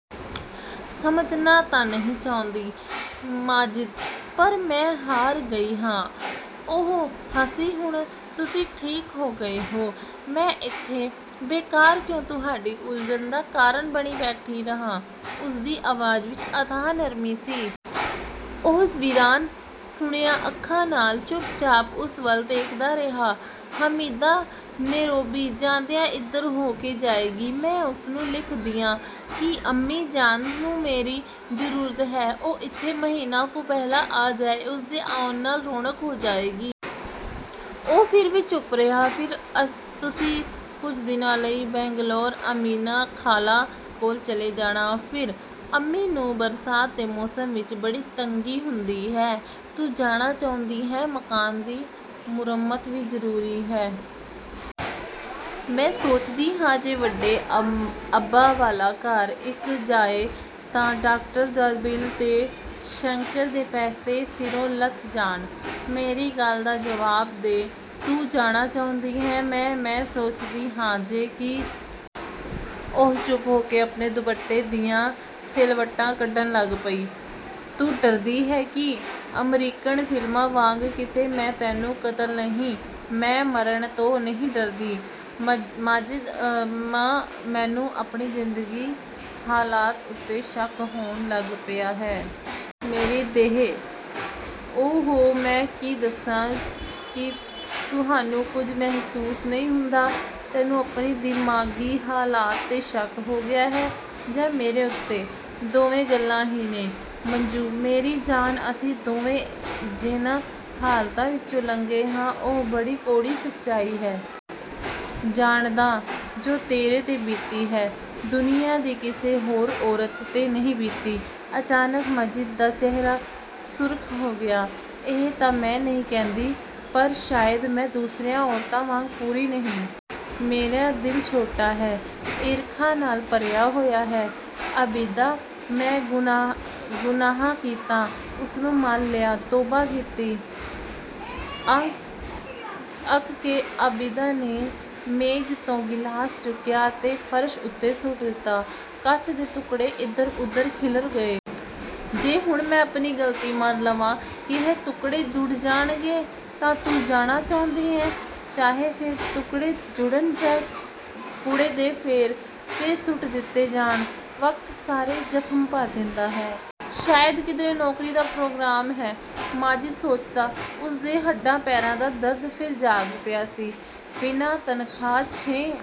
"ਸਮਝਣਾ ਤਾਂ ਨਹੀਂ ਚਾਹੁੰਦੀ ਮਾਜਿਦ, ਪਰ ਮੈਂ ਹਾਰ ਗਈ ਹਾਂ।" ਉਹ ਹੱਸੀ, "ਹੁਣ ਤੁਸੀਂ ਠੀਕ ਹੋ ਗਏ ਹੋ, ਮੈਂ ਇੱਥੇ ਬੇਕਾਰ ਕਿਉਂ ਤੁਹਾਡੀ ਉਲਝਣ ਦਾ ਕਾਰਨ ਬਣੀ ਬੈਠੀ ਰਹਾਂ?" ਉਸਦੀ ਆਵਾਜ਼ ਵਿੱਚ ਅਥਾਹ ਨਰਮੀ ਸੀ। ਉਹ ਵੀਰਾਨ-ਸੁੰਨੀਆਂ ਅੱਖਾਂ ਨਾਲ ਚੁੱਪਚਾਪ ਉਸ ਵੱਲ ਦੇਖਦਾ ਰਿਹਾ। "ਹਮੀਦਾ ਨੇਰੋਬੀ ਜਾਂਦਿਆਂ ਇੱਧਰ ਹੋ ਕੇ ਜਾਏਗੀ। ਮੈਂ ਉਸਨੂੰ ਲਿਖ ਦਿਆਂ ਕਿ ਅੰਮੀ ਜਾਨ ਨੂੰ ਮੇਰੀ ਜ਼ਰੂਰਤ ਹੈ, ਉਹ ਇੱਥੇ ਮਹੀਨਾ ਕੁ ਪਹਿਲਾਂ ਆ ਜਾਏ, ਉਸਦੇ ਆਉਣ ਨਾਲ ਰੌਣਕ ਹੋ ਜਾਏਗੀ।" ਉਹ ਫਿਰ ਵੀ ਚੁੱਪ ਰਿਹਾ। "ਫਿਰ ਤੁਸੀਂ ਕੁਝ ਦਿਨਾਂ ਲਈ ਬੰਗਲੌਰ, ਅਮੀਨਾ ਖਾਲਾ ਕੋਲ ਚਲੇ ਜਾਣਾ।" "ਫਿਰ?" "ਅੰਮੀ ਨੂੰ ਬਰਸਾਤ ਦੇ ਮੌਸਮ ਵਿੱਚ ਬੜੀ ਤੰਗੀ ਹੁੰਦੀ ਹੈ।" "ਤੂੰ ਜਾਣਾ ਚਾਹੁੰਦੀ ਹੈਂ?" "ਮਕਾਨ ਦੀ ਮੁਰੰਮਤ ਵੀ ਜ਼ਰੂਰੀ ਹੈ। ਮੈਂ ਸੋਚਦੀ ਹਾਂ ਜੇ ਵੱਡੇ ਅੱਬਾ ਵਾਲਾ ਘਰ ਇਕ ਜਾਏ ਤਾਂ ਡਾਕਟਰ ਦਾ ਬਿੱਲ ਤੇ ਸ਼ੰਕਰ ਦੇ ਪੈਸੇ ਸਿਰੋਂ ਲੱਥ ਜਾਣ।" "ਮੇਰੀ ਗੱਲ ਦਾ ਜਵਾਬ ਦੇ, ਤੂੰ ਜਾਣਾ ਚਾਹੁੰਦੀ ਹੈਂ?" "ਮੈਂ-ਮੈਂ ਸੋਚਦੀ ਹਾਂ ਜੇ," "ਕੀ?" ਉਹ ਚੁੱਪ ਹੋ ਕੇ ਆਪਣੇ ਦੁਪੱਟੇ ਦੀਆਂ ਸਿਲਵਟਾਂ ਕੱਢਣ ਲੱਗ ਪਈ। "ਤੂੰ ਡਰਦੀ ਹੈਂ ਕਿ ਅਮਰੀਕਨ ਫ਼ਿਲਮਾਂ ਵਾਂਗ ਕਿਤੇ ਮੈਂ ਤੈਨੂੰ ਕਤਲ" "ਨਹੀਂ, ਮੈਂ ਮਰਨ ਤੋਂ ਨਹੀਂ ਡਰਦੀ ਮਾਜਿਦ, ਮ-ਮੈਨੂੰ ਆਪਣੀ ਜਿੰਦਗੀ ਹਾਲਾਤ ਉੱਤੇ ਸ਼ੱਕ ਹੋਣ ਲੱਗ ਪਿਆ ਹੈ। ਮੇਰੀ ਦੇਹ, ਓ-ਹੋ, ਮੈਂ ਕੀ ਦੱਸਾਂ। ਕੀ ਤੁਹਾਨੂੰ ਕੁਝ ਮਹਿਸੂਸ ਨਹੀਂ ਹੁੰਦਾ?" "ਤੈਨੂੰ ਆਪਣੀ ਦਿਮਾਗ਼ੀ ਹਾਲਤ 'ਤੇ ਸ਼ੱਕ ਹੋ ਗਿਆ ਹੈ, ਜਾਂ ਮੇਰੇ ਉੱਤੇ?" "ਦੋਵੇਂ ਗੱਲਾਂ ਹੀ ਨੇ। ਮੱਜੂ ਮੇਰੀ ਜਾਨ ਅਸੀਂ ਦੋਵੇਂ ਜਿਹਨਾਂ ਹਾਲਤਾਂ ਵਿੱਚੋਂ ਲੰਘੇ ਹਾਂ, ਉਹ ਬੜੀ ਕੌੜੀ ਸਚਾਈ ਹੈ।" "ਜਾਣਦਾ, ਜੋ ਤੇਰੇ 'ਤੇ ਬੀਤੀ ਹੈ, ਦੁਨੀਆਂ ਦੀ ਕਿਸੇ ਹੋਰ ਔਰਤ 'ਤੇ ਨਹੀਂ ਬੀਤੀ।" ਅਚਾਨਕ ਮਾਜਿਦ ਦਾ ਚਿਹਰਾ ਸੁਰਖ਼ ਹੋ ਗਿਆ। "ਇਹ ਤਾਂ ਮੈਂ ਨਹੀਂ ਕਹਿੰਦੀ, ਪਰ ਸ਼ਾਇਦ ਮੈਂ ਦੂਸਰੀਆਂ ਔਰਤਾਂ ਵਾਂਗ ਪੂਰੀ ਨਹੀਂ। ਮੇਰਾ ਦਿਲ ਛੋਟਾ ਹੈ। ਈਰਖਾ ਨਾਲ ਭਰਿਆ ਹੋਇਆ ਹੈ।" "ਆਬਿਦਾ, ਮੈਂ ਗੁਨਾਹ ਕੀਤਾ, ਉਸਨੂੰ ਮੰਨ ਲਿਆ, ਤੋਬਾ ਕੀਤੀ!" ਅੱਕ ਕੇ ਆਬਿਦਾ ਨੇ ਮੇਜ਼ ਤੋਂ ਗਿਲਾਸ ਚੁੱਕਿਆ ਤੇ ਫ਼ਰਸ਼ ਉੱਤੇ ਸੁੱਟ ਦਿੱਤਾ। ਕੱਚ ਦੇ ਟੁੱਕੜੇ ਇਧਰ-ਉਧਰ ਖਿੱਲਰ ਗਏ। "ਜੇ ਹੁਣ ਮੈਂ ਆਪਣੀ ਗ਼ਲਤੀ ਮੰਨ ਲਵਾਂ, ਕੀ ਇਹ ਟੁਕੜੇ ਜੁੜ ਜਾਣਗੇ?" "ਤਾਂ ਤੂੰ ਜਾਣਾ ਚਾਹੁੰਦੀ ਹੈਂ, ਚਾਹੇ ਫਿਰ ਟੁਕੜੇ ਜੁੜਨ ਜਾਂ ਕੂੜੇ ਦੇ ਫੇਰ 'ਤੇ ਸੁੱਟ ਦਿੱਤੇ ਜਾਣ?" "ਵਕਤ ਸਾਰੇ ਜ਼ਖ਼ਮ ਭਰ ਦੇਂਦਾ ਹੈ। ਸ਼ਾਇਦ ਕਿਧਰੇ ਨੌਕਰੀ ਦਾ ਪ੍ਰੋਗਰਾਮ ਹੈ," ਮਾਜਿਦ ਸੋਚਦਾ। ਉਸਦੇ ਹੱਡਾਂ-ਪੈਰਾਂ ਦਾ ਦਰਦ ਫਿਰ ਜਾਗ ਪਿਆ ਸੀ। ਬਿਨਾਂ ਤਨਖ਼ਾਹ, ਛੇ